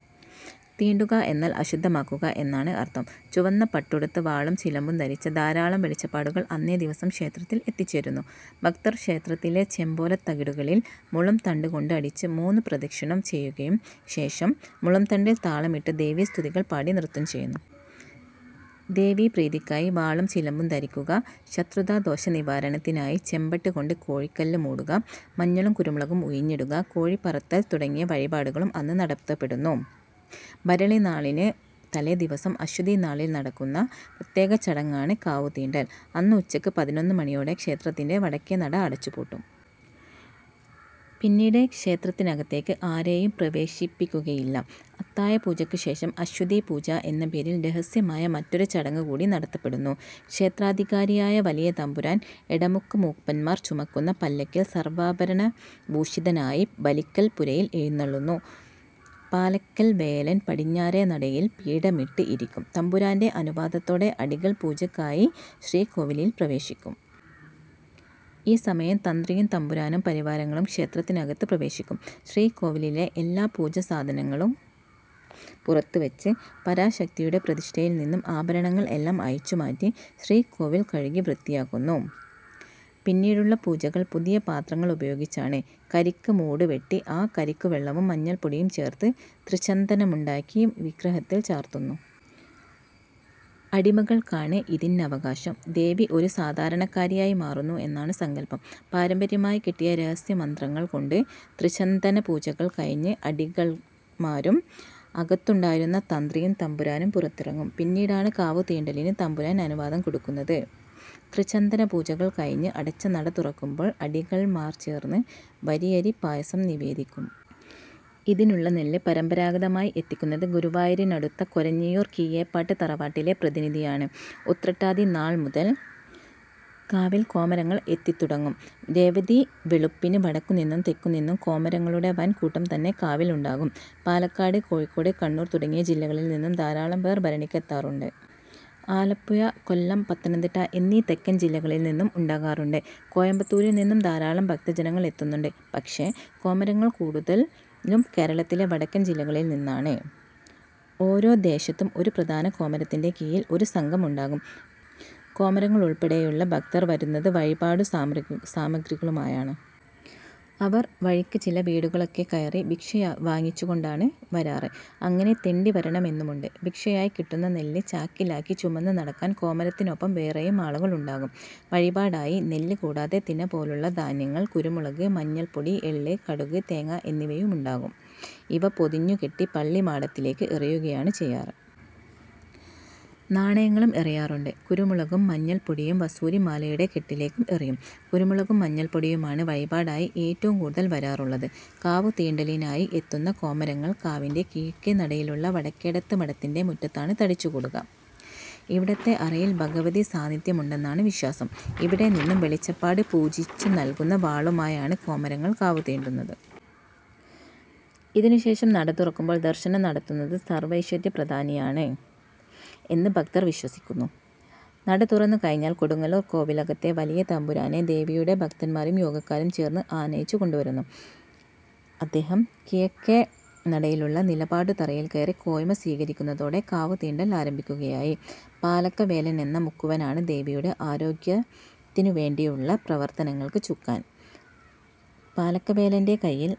"തീണ്ടുക" എന്നാൽ അശുദ്ധമാക്കുക എന്നാണ് അർത്ഥം. ചുവന്ന പട്ടുടുത്ത് വാളും ചിലമ്പും ധരിച്ച ധാരാളം വെളിച്ചപ്പാടുകൾ അന്നേ ദിവസം ക്ഷേത്രത്തിൽ എത്തിച്ചേരുന്നു. ഭക്തർ ക്ഷേത്രത്തിലെ ചെമ്പോല തകിടുകളിൽ മുളംതണ്ട് കൊണ്ട് അടിച്ചു മൂന്ന് പ്രദക്ഷിണം ചെയ്യുകയും ശെഷം മുളംതണ്ടിൽ താളമിട്ടു ദേവീസ്തുതികൾ പാടി നൃത്തം ചെയ്യുന്നു. ദേവീ പ്രീതിക്കായി വാളും ചിലമ്പും ധരിക്കുക, ശത്രുതാദോഷ നിവാരണത്തിനായി ചെമ്പട്ട് കൊണ്ട് കോഴിക്കല്ല് മൂടുക, മഞ്ഞളും കുരുമുളകും ഉഴിഞ്ഞിടുക, കോഴി പറത്തൽ തുടങ്ങിയ വഴിപാടുകളും അന്ന് നടത്തപ്പെടുന്നു. ഭരണിനാളിനു തലേദിവസം അശ്വതി നാളിൽ നടക്കുന്ന പ്രത്യേക ചടങ്ങാണ്. കാവുതീണ്ടൽ. അന്ന് ഉച്ചക്ക് പതിനൊന്നുമണിയോടെ ക്ഷേത്രത്തിൻറെ വടക്കേ നട അടച്ചുപൂട്ടും. പിന്നീട് ക്ഷേത്രത്തിനകത്തേക്ക് ആരേയും പ്രവേശിപ്പിക്കുകയില്ല. അത്താഴപൂജക്ക് ശേഷം "അശ്വതീപൂജ" എന്ന പേരിൽ രഹസ്യമായ മറ്റൊരു ചടങ്ങൂകൂടി നടത്തപ്പെടുന്നു. ക്ഷേത്രാധികാരിയായ വലിയ തമ്പുരാൻ, എടമുക്ക് മൂപ്പന്മാർ ചുമക്കുന്ന പല്ലക്കിൽ സർവാഭരണഭൂഷിതനായി ബലിക്കൽ പുരയിൽ എഴുന്നെള്ളുന്നു. പാലയ്ക്കൽ വേലൻ പടിഞ്ഞാരെ നടയിൽ പീഠമിട്ട് ഇരിക്കും. തമ്പുരാന്റെ അനുവാദത്തോടെ അടികൾ പൂജക്കായി ശ്രീക്കോവിലിൽ പ്രവേശിക്കും. ഈ സമയം തന്ത്രിയും തമ്പുരാനും പരിവാരങ്ങളും ക്ഷേത്രത്തികത്ത് പ്രവേശിക്കും. ശ്രീകോവിലിലെ എല്ലാ പൂജാസാധങ്ങളും പുറത്തുവെച്ച്, പരാശക്തിയുടെ പ്രതിഷ്ഠയിൽ നിന്ന് ആഭരണങ്ങൾ എല്ലാം അഴിച്ചുമാറ്റി, ശ്രീകോവിൽ കഴുകി വൃത്തിയാക്കുന്നു. പിന്നീടുള്ള പൂജകൾ പുതിയ പാത്രങ്ങൾ ഉപയോഗിച്ചാണ്. കരിക്ക് മൂട് വെട്ടി ആ കരിക്കുവെള്ളവും മഞ്ഞൾപ്പൊടിയും ചേർത്ത് തൃച്ചന്ദനമുണ്ടാക്കി, വിഗ്രഹത്തിൽ ചാർത്തുന്നു. അടികൾക്കാണ് ഇതിന്നവകാശം. ദേവി ഒരു സാധാരണക്കാരിയായി മാറുന്നു എന്നാണ് സങ്കൽപ്പം. പാരമ്പര്യമായി കിട്ടിയ രഹസ്യമന്ത്രങ്ങൾ കൊണ്ട് തൃച്ചന്ദനപൂജകൾ കഴിഞ്ഞ് അടികൾമാരും അകത്തുണ്ടായിരുന്ന തന്ത്രിയും തമ്പുരാനും പുറത്തിറങ്ങും. പിന്നീടാണ് കാവുതീണ്ടലിന് തമ്പുരാൻ അനുവാദം കൊടുക്കുന്നത്. തൃച്ചന്ദനപൂജകൾ കഴിഞ്ഞ് അടച്ച നട തുറക്കുമ്പോൾ അടികൾമാർ ചേർന്ന് വരിയരി പായസം നിവേദിക്കും. ഇതിനുള്ള നെല്ല് പരമ്പരാഗതമായി എത്തിക്കുന്നത് ഗുരുവായൂരിനടുത്ത കൊരഞ്ഞിയൂർ കീഴേപ്പാട്ട് തറവാട്ടിലെ പ്രതിനിധിയാണ്. ഉത്രട്ടാതി നാൾ മുതൽ കാവിൽ കോമരങ്ങൾ എത്തിത്തുടങ്ങും. രേവതിവെളുപ്പിന് വടക്കുനിന്നും തെക്കുനിന്നും കോമരങ്ങളുടെ വൻ കൂട്ടം തന്നെ കാവിൽ ഉണ്ടാകും. പാലക്കാട്, കോഴിക്കോട്, കണ്ണൂർ തുടങ്ങിയ ജില്ലകളിൽ നിന്നും ധാരാളം പേർ ഭരണിക്ക് എത്താറുണ്ട്. ആലപ്പുഴ, കൊല്ലം, പത്തനംതിട്ട എന്നീ തെക്കൻ ജില്ലകളിൽ നിന്നും ഉണ്ടാകാറുണ്ട്. കോയമ്പത്തൂരിൽ നിന്നും ധാരാളം ഭക്തജനങ്ങൾ എത്തുന്നുണ്ട്. പക്ഷേ കോമരങ്ങൾ കൂടുതലും കേരളത്തിലെ വടക്കൻ ജില്ലകളിൽ നിന്നാണ്. ഓരോ ദേശത്തും ഒരു പ്രധാന കോമരത്തിന്റെ കീഴിൽ ഒരു സംഘം ഉണ്ടാകും. കോമരങ്ങൾ ഉൾപ്പെടെയുള്ള ഭക്തർ വരുന്നത് വഴിപാടുസാമഗ്രികളുമായാണ്. അവർ, വഴിക്ക് ചില വീടുകളൊക്കെകയറി ഭിക്ഷ വാങ്ങിച്ചുകൊണ്ടാണ് വരാറ്. അങ്ങനെ തെണ്ടി വരണം എന്നുമുണ്ട്. ഭിക്ഷയായി കിട്ടുന്ന നെല്ല് ചാക്കിലാക്കി ചുമന്നുനടക്കാൻ കോമരത്തിനൊപ്പം വേറെയും ആളുകൾ ഉണ്ടാകും. വഴിപാടായി നെല്ല് കൂടാതെ തിനപോലുള്ള ധാന്യങ്ങൾ, കുരുമുളക്, മഞ്ഞൾപ്പൊടി, എള്ള്, കടുക്, തേങ്ങ എന്നിവയുണ്ടാകും. ഇവ പൊതിഞ്ഞുകെട്ടി പള്ളിമാടത്തിലേക്ക് എറിയുകയാണ് ചെയ്യാറ്. നാണയങ്ങളും എറിയാറുണ്ട്. കുരുമുളകും മഞ്ഞൾപ്പൊടിയും വസൂരിമാലയുടെ കെട്ടിലേക്കും എറിയും. കുരുമുളകും മഞ്ഞൾപ്പൊടിയുമാണ് വഴിപാടായി ഏറ്റവും കൂടുതൽ വരാറുള്ളത്. കാവുതീണ്ടലിനായി എത്തുന്ന കോമരങ്ങൾ കാവിന്റെ കിഴക്കേ നടയിലുള്ള വടക്കേടത്ത് മഠത്തിന്റെ മുറ്റത്താണ് തടിച്ചുകൂടുക. ഇവിടത്തെ അറയിൽ ഭഗവതി സാന്നിദ്ധ്യമുണ്ടെന്നാണ് വിശ്വാസം. ഇവിടെ നിന്ന് വെളിച്ചപ്പാട് പൂജിച്ചു നൽകുന്ന വാളുമായാണ് കോമരങ്ങൾ കാവുതീണ്ടുന്നത്. ഇതിനുശേഷം നടതുറക്കുമ്പോൾ ദർശനം നടത്തുന്നത് സർവൈശ്വര്യപ്രധാനിയാണ് എന്ന് ഭക്തർ വിശ്വസിക്കന്നു. നടതുറന്നു കഴിഞ്ഞാൽ കൊടുങ്ങല്ലൂർ കോവിലകത്തെ വലിയ തമ്പുരാനെ ദേവിയുടെ ഭക്തന്മാരും യോഗക്കാരും ചേർന്ന് ആനയിച്ച് കൊണ്ടുവരുന്നു. അദ്ദേഹം കിഴക്കേ നടയിലുള്ള നിലപാടുതറയിൽകയറി കോയ്മ സ്വീകരിക്കുന്നതോടെ കാവ്തീണ്ടൽ ആരംഭിക്കുകയായി. പാലക്കവേലൻ എന്ന മുക്കുവനാണ് ദേവിയുടെ ആരോഗ്യത്തിനുവേണ്ടിയുള്ള പ്രവർത്തനങ്ങൾക്ക് ചുക്കാൻ. പാലക്കവേലന്റെ കയ്യിൽ